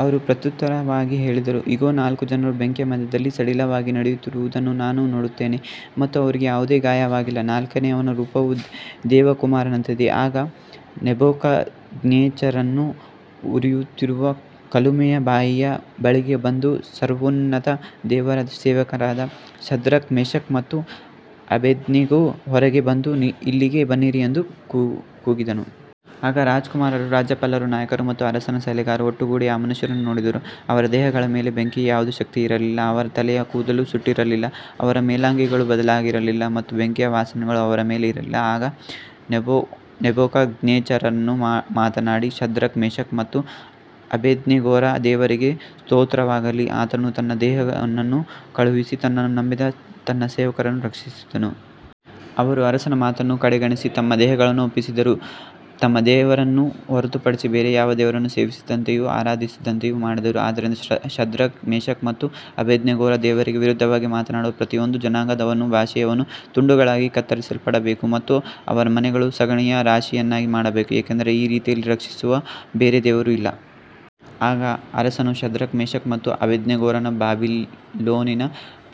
ಅವರು ಪ್ರತ್ಯುತ್ತರವಾಗಿ ಹೇಳಿದರು, ಇಗೋ, ನಾಲ್ಕು ಜನರು ಬೆಂಕಿಯ ಮಧ್ಯದಲ್ಲಿ ಸಡಿಲವಾಗಿ ನಡೆಯುತ್ತಿರುವುದನ್ನು ನಾನು ನೋಡುತ್ತೇನೆ ಮತ್ತು ಅವರಿಗೆ ಯಾವುದೇ ಗಾಯವಾಗಿಲ್ಲ, ನಾಲ್ಕನೆಯವನ ರೂಪವು ದೇವಕುಮಾರನಂತಿದೆ. ಆಗ ನೆಬೂಕದ್ನೆಚ್ಚರನು ಉರಿಯುತ್ತಿರುವ ಕುಲುಮೆಯ ಬಾಯಿಯ ಬಳಿಗೆ ಬಂದು, ಸರ್ವೋನ್ನತ ದೇವರ ಸೇವಕರಾದ ಶದ್ರಕ್, ಮೇಷಕ್ ಮತ್ತು ಅಬೇದ್ನೆಗೋ, ಹೊರಗೆ ಬಂದು ಇಲ್ಲಿಗೆ ಬನ್ನಿರಿ ಎಂದು ಕೂಗಿದನು. ಆಗ ರಾಜಕುಮಾರರು, ರಾಜ್ಯಪಾಲರು, ನಾಯಕರು ಮತ್ತು ಅರಸನ ಸಲಹೆಗಾರರು ಒಟ್ಟುಗೂಡಿ ಆ ಮನುಷ್ಯರನ್ನು ನೋಡಿದರು. ಅವರ ದೇಹಗಳ ಮೇಲೆ ಬೆಂಕಿಗೆ ಯಾವುದೇ ಶಕ್ತಿಯಿರಲಿಲ್ಲ, ಅವರ ತಲೆಯ ಕೂದಲು ಸುಟ್ಟಿರಲಿಲ್ಲ, ಅವರ ಮೇಲಂಗಿಗಳು ಬದಲಾಗಿರಲಿಲ್ಲ ಮತ್ತು ಬೆಂಕಿಯ ವಾಸನೆಯೂ ಅವರ ಮೇಲೆ ಇರಲಿಲ್ಲ. ಆಗ ನೆಬೂಕದ್ನೆಚ್ಚರನು ಮಾತನಾಡಿ, ಶದ್ರಕ್, ಮೇಷಕ್ ಮತ್ತು ಅಬೇದ್ನೆಗೋರ ದೇವರಿಗೆ ಸ್ತೋತ್ರವಾಗಲಿ, ಆತನು ತನ್ನ ದೂತನನ್ನು ಕಳುಹಿಸಿ ತನ್ನನ್ನು ನಂಬಿದ ತನ್ನ ಸೇವಕರನ್ನು ರಕ್ಷಿಸಿದನು. ಅವರು ಅರಸನ ಮಾತನ್ನು ಕಡೆಗಣಿಸಿ ತಮ್ಮ ದೇಹಗಳನ್ನು ಒಪ್ಪಿಸಿದರು, ತಮ್ಮ ದೇವರನ್ನು ಹೊರತುಪಡಿಸಿ ಬೇರೆ ಯಾವ ದೇವರನ್ನೂ ಸೇವಿಸದಂತೆಯೂ ಆರಾಧಿಸದಂತೆಯೂ ಮಾಡಿದರು. ಆದ್ದರಿಂದ ಶದ್ರಕ್, ಮೇಷಕ್ ಮತ್ತು ಅಬೇದ್ನೆಗೋರ ದೇವರಿಗೆ ವಿರುದ್ಧವಾಗಿ ಮಾತನಾಡುವ ಪ್ರತಿಯೊಂದು ಜನಾಂಗದವನೂ ಭಾಷೆಯವನೂ ತುಂಡುಗಳಾಗಿ ಕತ್ತರಿಸಲ್ಪಡಬೇಕು ಮತ್ತು ಅವರ ಮನೆಗಳನ್ನು ಸಗಣಿಯ ರಾಶಿಯನ್ನಾಗಿ ಮಾಡಬೇಕು, ಏಕೆಂದರೆ ಈ ರೀತಿಯಲ್ಲಿ ರಕ್ಷಿಸುವ ಬೇರೆ ದೇವರು ಇಲ್ಲ. ಆಗ ಅರಸನು ಶದ್ರಕ್, ಮೇಷಕ್ ಮತ್ತು ಅಬೇದ್ನೆಗೋರನ್ನು ಬಾಬಿಲೋನಿನ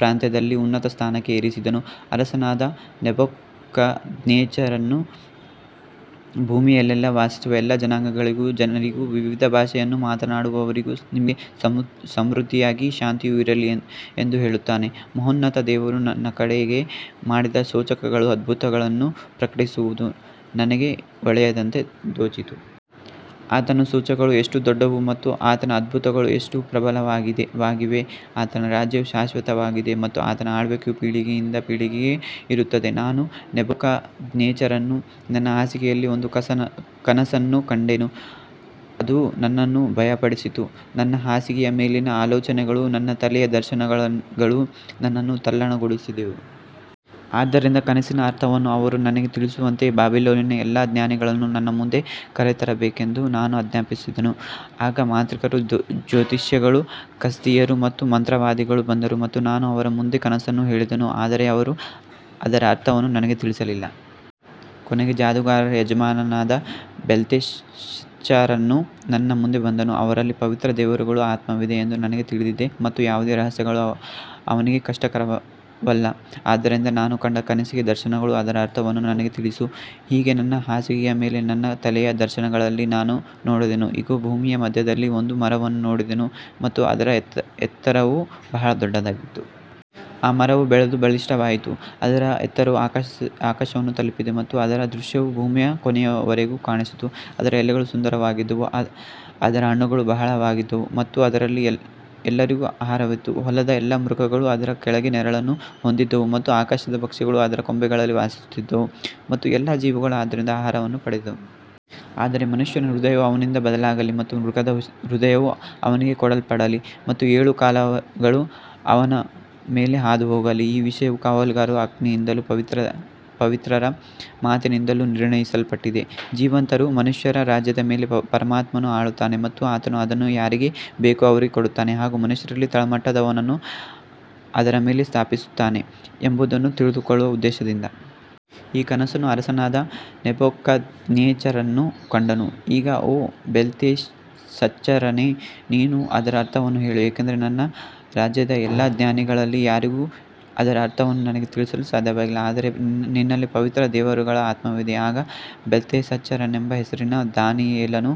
ಪ್ರಾಂತ್ಯದಲ್ಲಿ ಉನ್ನತ ಸ್ಥಾನಕ್ಕೆ ಏರಿಸಿದನು. ಅರಸನಾದ ನೆಬೂಕದ್ನೆಚ್ಚರನು ಭೂಮಿಯಲ್ಲೆಲ್ಲಾ ವಾಸಿಸುವ ಎಲ್ಲಾ ಜನಾಂಗಗಳಿಗೂ ಜನರಿಗೂ ವಿವಿಧ ಭಾಷೆಗಳನ್ನು ಮಾತನಾಡುವವರಿಗೂ, ನಿಮಗೆ ಸಮೃದ್ಧಿಯಾದ ಶಾಂತಿಯು ಇರಲಿ ಎಂದು ಹೇಳುತ್ತಾನೆ. ಮಹೋನ್ನತ ದೇವರು ನನ್ನ ಕಡೆಗೆ ಮಾಡಿದ ಸೂಚಕಗಳನ್ನೂ ಅದ್ಭುತಗಳನ್ನೂ ಪ್ರಕಟಿಸುವುದು ನನಗೆ ಒಳ್ಳೆಯದೆಂದು ತೋಚಿತು. ಆತನ ಸೂಚಕಗಳು ಎಷ್ಟು ದೊಡ್ಡವು ಮತ್ತು ಆತನ ಅದ್ಭುತಗಳು ಎಷ್ಟು ಪ್ರಬಲವಾಗಿವೆ. ಆತನ ರಾಜ್ಯವು ಶಾಶ್ವತ ರಾಜ್ಯವಾಗಿದೆ ಮತ್ತು ಆತನ ಆಳ್ವಿಕೆಯು ಪೀಳಿಗೆಯಿಂದ ಪೀಳಿಗೆಗೆ ಇರುತ್ತದೆ. ನಾನು ನೆಬೂಕದ್ನೆಚ್ಚರನು ನನ್ನ ಹಾಸಿಗೆಯಲ್ಲಿ ಒಂದು ಕನಸನ್ನು ಕಂಡೆನು, ಅದು ನನ್ನನ್ನು ಭಯಪಡಿಸಿತು. ನನ್ನ ಹಾಸಿಗೆಯ ಮೇಲಿನ ಆಲೋಚನೆಗಳೂ ನನ್ನ ತಲೆಯ ದರ್ಶನಗಳೂ ನನ್ನನ್ನು ತಲ್ಲಣಗೊಳಿಸಿದವು. ಆದ್ದರಿಂದ ಕನಸಿನ ಅರ್ಥವನ್ನು ಅವರು ನನಗೆ ತಿಳಿಸುವಂತೆ ಬಾಬಿಲೋನಿನ ಎಲ್ಲಾ ಜ್ಞಾನಿಗಳನ್ನು ನನ್ನ ಮುಂದೆ ಕರೆತರಬೇಕೆಂದು ನಾನು ಆಜ್ಞಾಪಿಸಿದೆನು. ಆಗ ಮಾಂತ್ರಿಕರು, ಜ್ಯೋತಿಷಿಗಳು, ಕಸ್ದೀಯರು ಮತ್ತು ಮಂತ್ರವಾದಿಗಳು ಬಂದರು ಮತ್ತು ನಾನು ಅವರ ಮುಂದೆ ಕನಸನ್ನು ಹೇಳಿದೆನು, ಆದರೆ ಅವರು ಅದರ ಅರ್ಥವನ್ನು ನನಗೆ ತಿಳಿಸಲಿಲ್ಲ. ಕೊನೆಗೆ ಜಾದೂಗಾರರ ಯಜಮಾನನಾದ ಬೆಲ್ತೆಶಚ್ಚರನು ನನ್ನ ಮುಂದೆ ಬಂದನು. ಅವನಲ್ಲಿ ಪವಿತ್ರ ದೇವರುಗಳ ಆತ್ಮವಿದೆ ಎಂದು ನನಗೆ ತಿಳಿದಿದೆ ಮತ್ತು ಯಾವುದೇ ರಹಸ್ಯವೂ ಅವನಿಗೆ ಕಷ್ಟಕರವಲ್ಲ. ಆದ್ದರಿಂದ ನಾನು ಕಂಡ ಕನಸಿನ ದರ್ಶನಗಳನ್ನೂ ಅದರ ಅರ್ಥವನ್ನೂ ನನಗೆ ತಿಳಿಸು. ಹೀಗೆ ನನ್ನ ಹಾಸಿಗೆಯ ಮೇಲೆ ನನ್ನ ತಲೆಯ ದರ್ಶನಗಳಲ್ಲಿ ನಾನು ನೋಡಿದೆನು, ಇಗೋ, ಭೂಮಿಯ ಮಧ್ಯದಲ್ಲಿ ಒಂದು ಮರವನ್ನು ನೋಡಿದೆನು ಮತ್ತು ಅದರ ಎತ್ತರವು ಬಹಳ ದೊಡ್ಡದಾಗಿತ್ತು. ಆ ಮರವು ಬೆಳೆದು ಬಲಿಷ್ಠವಾಯಿತು, ಅದರ ಎತ್ತರವು ಆಕಾಶವನ್ನು ತಲುಪಿತು ಮತ್ತು ಅದರ ದೃಶ್ಯವು ಭೂಮಿಯ ಕೊನೆಯವರೆಗೂ ಕಾಣಿಸಿತು. ಅದರ ಎಲೆಗಳು ಸುಂದರವಾಗಿದ್ದವು, ಅದರ ಹಣ್ಣುಗಳು ಬಹಳವಾಗಿದ್ದವು ಮತ್ತು ಅದರಲ್ಲಿ ಎಲ್ಲರಿಗೂ ಆಹಾರವಿತ್ತು. ಹೊಲದ ಎಲ್ಲಾ ಮೃಗಗಳು ಅದರ ಕೆಳಗೆ ನೆರಳನ್ನು ಹೊಂದಿದ್ದವು ಮತ್ತು ಆಕಾಶದ ಪಕ್ಷಿಗಳು ಅದರ ಕೊಂಬೆಗಳಲ್ಲಿ ವಾಸಿಸುತ್ತಿದ್ದವು ಮತ್ತು ಎಲ್ಲಾ ಜೀವಿಗಳು ಅದರಿಂದ ಆಹಾರವನ್ನು ಪಡೆದವು. ಆದರೆ ಮನುಷ್ಯನ ಹೃದಯವು ಅವನಿಂದ ಬದಲಾಗಲಿ ಮತ್ತು ಮೃಗದ ಹೃದಯವು ಅವನಿಗೆ ಕೊಡಲ್ಪಡಲಿ ಮತ್ತು ಏಳು ಕಾಲಗಳು ಅವನ ಮೇಲೆ ಹಾದುಹೋಗಲಿ. ಈ ವಿಷಯವು ಕಾವಲುಗಾರರ ಆಜ್ಞೆಯಿಂದಲೂ ಪವಿತ್ರರ ಮಾತಿನಿಂದಲೂ ನಿರ್ಣಯಿಸಲ್ಪಟ್ಟಿದೆ, ಜೀವಂತರು ಮನುಷ್ಯರ ರಾಜ್ಯದ ಮೇಲೆ ಪರಮಾತ್ಮನು ಆಳುತ್ತಾನೆ ಮತ್ತು ಆತನು ಅದನ್ನು ಯಾರಿಗೆ ಬೇಕೋ ಅವರಿಗೆ ಕೊಡುತ್ತಾನೆ ಹಾಗೂ ಮನುಷ್ಯರಲ್ಲಿ ತಳಮಟ್ಟದವನನ್ನು ಅದರ ಮೇಲೆ ಸ್ಥಾಪಿಸುತ್ತಾನೆ ಎಂಬುದನ್ನು ತಿಳಿದುಕೊಳ್ಳುವ ಉದ್ದೇಶದಿಂದ. ಈ ಕನಸನ್ನು ಅರಸನಾದ ನೆಬೂಕದ್ನೆಚ್ಚರನು ಕಂಡನು. ಈಗ ಓ ಬೆಲ್ತೆಶಚ್ಚರನೇ, ನೀನು ಅದರ ಅರ್ಥವನ್ನು ಹೇಳು, ಏಕೆಂದರೆ ನನ್ನ ರಾಜ್ಯದ ಎಲ್ಲಾ ಜ್ಞಾನಿಗಳಲ್ಲಿ ಯಾರಿಗೂ ಅದರ ಅರ್ಥವನ್ನು ನನಗೆ ತಿಳಿಸಲು ಸಾಧ್ಯವಾಗಲಿಲ್ಲ. ಆದರೆ ನಿನ್ನಲ್ಲಿ ಪವಿತ್ರ ದೇವರುಗಳ ಆತ್ಮವಿದೆ. ಆಗ ಬೆಲ್ತೆಶಚ್ಚರನೆಂಬ ಹೆಸರಿನ ದಾನಿಯೇಲನು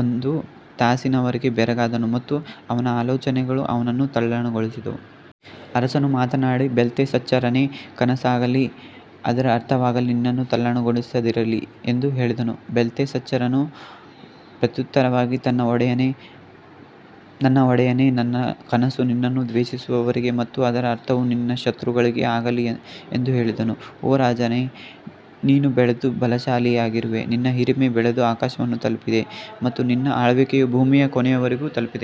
ಒಂದು ತಾಸಿನವರೆಗೆ ಬೆರಗಾದನು ಮತ್ತು ಅವನ ಆಲೋಚನೆಗಳು ಅವನನ್ನು ತಲ್ಲಣಗೊಳಿಸಿದವು. ಅರಸನು ಮಾತನಾಡಿ, ಬೆಲ್ತೆಶಚ್ಚರನೇ, ಕನಸಾಗಲಿ ಅದರ ಅರ್ಥವಾಗಲಿ ನಿನ್ನನ್ನು ತಲ್ಲಣಗೊಳಿಸದಿರಲಿ ಎಂದು ಹೇಳಿದನು. ಬೆಲ್ತೆಶಚ್ಚರನು ಪ್ರತ್ಯುತ್ತರವಾಗಿ, ನನ್ನ ಒಡೆಯನೇ, ಕನಸು ನಿನ್ನನ್ನು ದ್ವೇಷಿಸುವವರಿಗೆ ಮತ್ತು ಅದರ ಅರ್ಥವು ನಿನ್ನ ಶತ್ರುಗಳಿಗೆ ಆಗಲಿ ಎಂದು ಹೇಳಿದನು. ಓ ರಾಜನೇ, ನೀನು ಬೆಳೆದು ಬಲಶಾಲಿಯಾಗಿರುವೆ, ನಿನ್ನ ಹಿರಿಮೆ ಬೆಳೆದು ಆಕಾಶವನ್ನು ತಲುಪಿದೆ ಮತ್ತು ನಿನ್ನ ಆಳ್ವಿಕೆಯು ಭೂಮಿಯ ಕೊನೆಯವರೆಗೂ ತಲುಪಿದೆ.